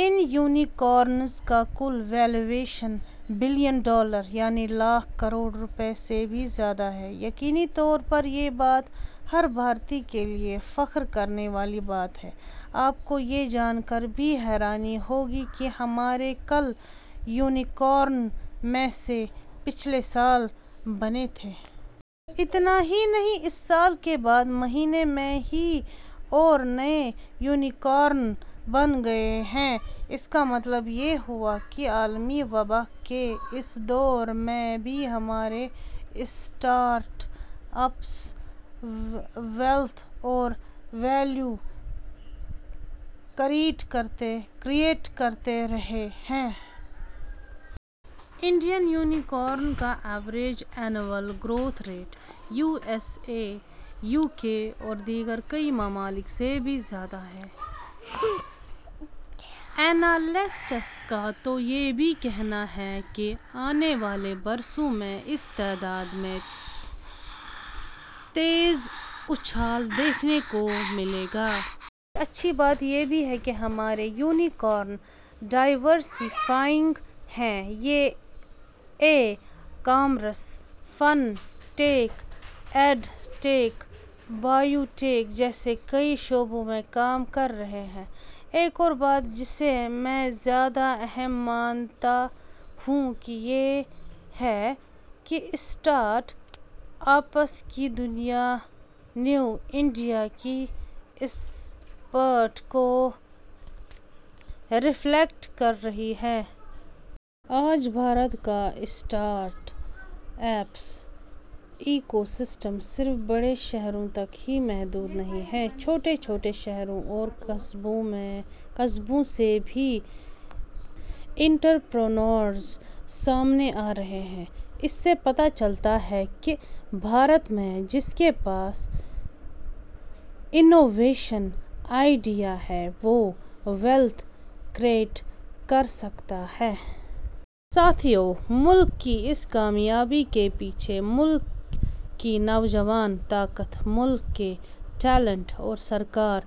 ان unicorns کا کل valuation billion dollar, یعنی لاکھ کروڑ روپئے سے بھی زیادہ ہے۔ یقینی طور پر، یہ بات ، ہر بھارتی کے لئے فخر کرنے والی بات ہے۔ آپ کو یہ جانکر بھی حیرانی ہوگی، کہ ہمارے کل یونیکارن میں سے ، پچھلے سال بنے تھے۔ اتنا ہی نہیں ، اس سال کے سے مہینے میں ہی اور نئے یونیکارن بن گئے ہیں۔ اس کا مطلب یہ ہوا کہ عالمی وبا کے اس دور میں بھی ہمارے اسٹارٹ اپس، ویلتھ اور ویلیو کریٹ کرتے رہے ہیں۔ انڈین یونیکارن کا average annual growth rate, U S A, U K اور دیگر کئی ممالک سے بھی زیادہ ہے۔ اینالیسسٹس کا تو یہ بھی کہنا ہے کہ آنے والے برسوں میں اس تعداد میں تیزاچھال دیکھنے کو ملے گا۔ ایک اچھی بات یہ بھی ہے کہ ہمارے یونیکارن ڈائیورسی فائنگ ہیں۔ یہ e- commerce, fintech, edtech, biotech جیسے کئی شعبوں میں کام کررہے ہیں۔ ایک اور بات جسے میں زیادہ اہم مانتا ہوں وہ یہ ہے کہ اسٹارٹ-اپس کی دنیا نیو انڈیا کی اسپرٹ کو رفلیکٹ کررہی ہے۔ آج، بھارت کا اسٹارٹ اپس ایکوسسٹم صرف بڑے شہروں تک ہی محدود نہیں ہے، چھوٹے -چھوٹے شہروں اور قصبوں سے بھی انٹرپرینورز سامنے آرہے ہیں۔ اس سے پتہ چلتا ہے کہ بھارت میں جس کے پاس انوویشن آئڈیا ہے وہ، ویلتھ کریٹ کرسکتا ہے۔ ساتھیو، ملک کی اس کامیابی کے پیچھے، ملک کی نوجوان -طاقت ، ملک کے ٹیلینٹ اور سرکار،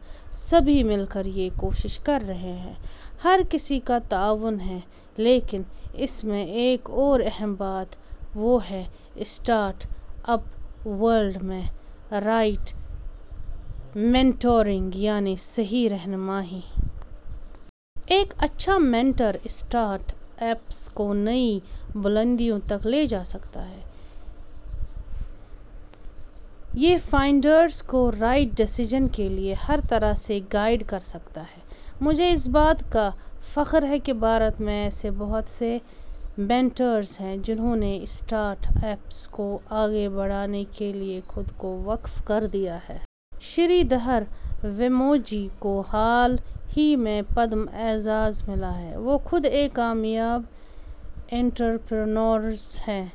سبھی مل کر یہ کوشش کررہے ہیں، ہر کسی کا تعاون ہے، لیکن اس میں ایک اور اہم بات ہے، وہ ہے، اسٹارٹ-اپ ورلڈ میں، رائٹ مینٹرنگ ؛ یعنی، صحیح رہنمائی۔ ایک اچھا مینٹر اسٹارٹ-اپس کو نئی بلندیوں تک لے جاسکتا ہے۔ یہ فاؤنڈرز کو رائٹ ڈیسیزن کے لئے ہر طرح سے گائیڈ کرسکتا ہے۔ مجھے، اس بات کا فخر ہے کہ بھارت میں ایسے بہت سے مینٹرز ہیں جنہوں نے اسٹارٹ-اپس کو آگے بڑھانے کے لئے خود کو وقف کردیا ہے۔ شری دھر ویمبوجی کو حال ہی میں پدم اعزاز ملا ہے۔ وہ خود ایک کامیاب انٹرپریونیور ہیں،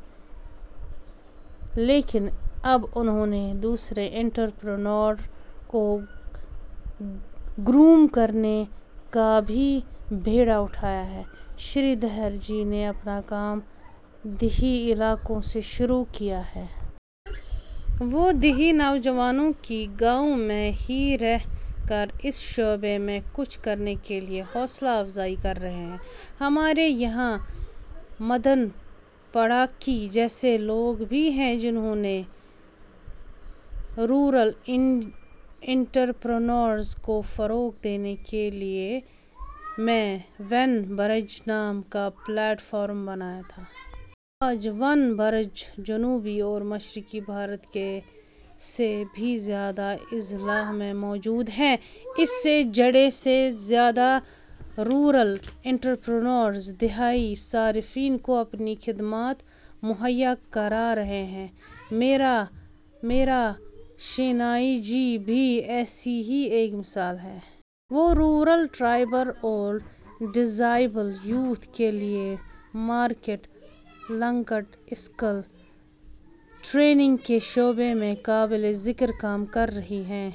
لیکن اب انہوں نے، دوسرے انٹرپریونیور کو گروم کرنے کا بھی بیڑا اٹھایا ہے۔ شری دھر جی نے اپنا کام دیہی علاقوں سے شروع کیا ہے۔ وہ، دیہی نوجوانوں کی گاؤں میں ہی رہ کر اس شعبے میں کچھ کرنے کے لئے حوصلہ افزائی کررہے ہیں۔ ہمارے یہاں مدن پڑاکی جیسے لوگ بھی ہیں جنہوں نے رورل انٹرپریونیورز کو فروغ دینے کے لئے میں ون-برج نام کا پلیٹ فارم بنایا تھا۔ آج ، ون-برج جنوبی اور مشرقی بھارت کے سے بھی زیادہ اضلاع میں موجود ہیں۔ اس سے جڑے سے زیادہ رورل انٹرپریونیورز دیہی صارفین کو اپنی خدمات مہیا کرا رہے ہیں۔ میرا شینائے جی بھی ایسی ہی ایک مثال ہیں۔ وہ رورل ٹرائبل اور ڈزایبل یوتھ کے لئے مارکٹ لنکڈ اسکل ٹریننگ کے شعبے میں قابل ذکر کام کررہی ہیں۔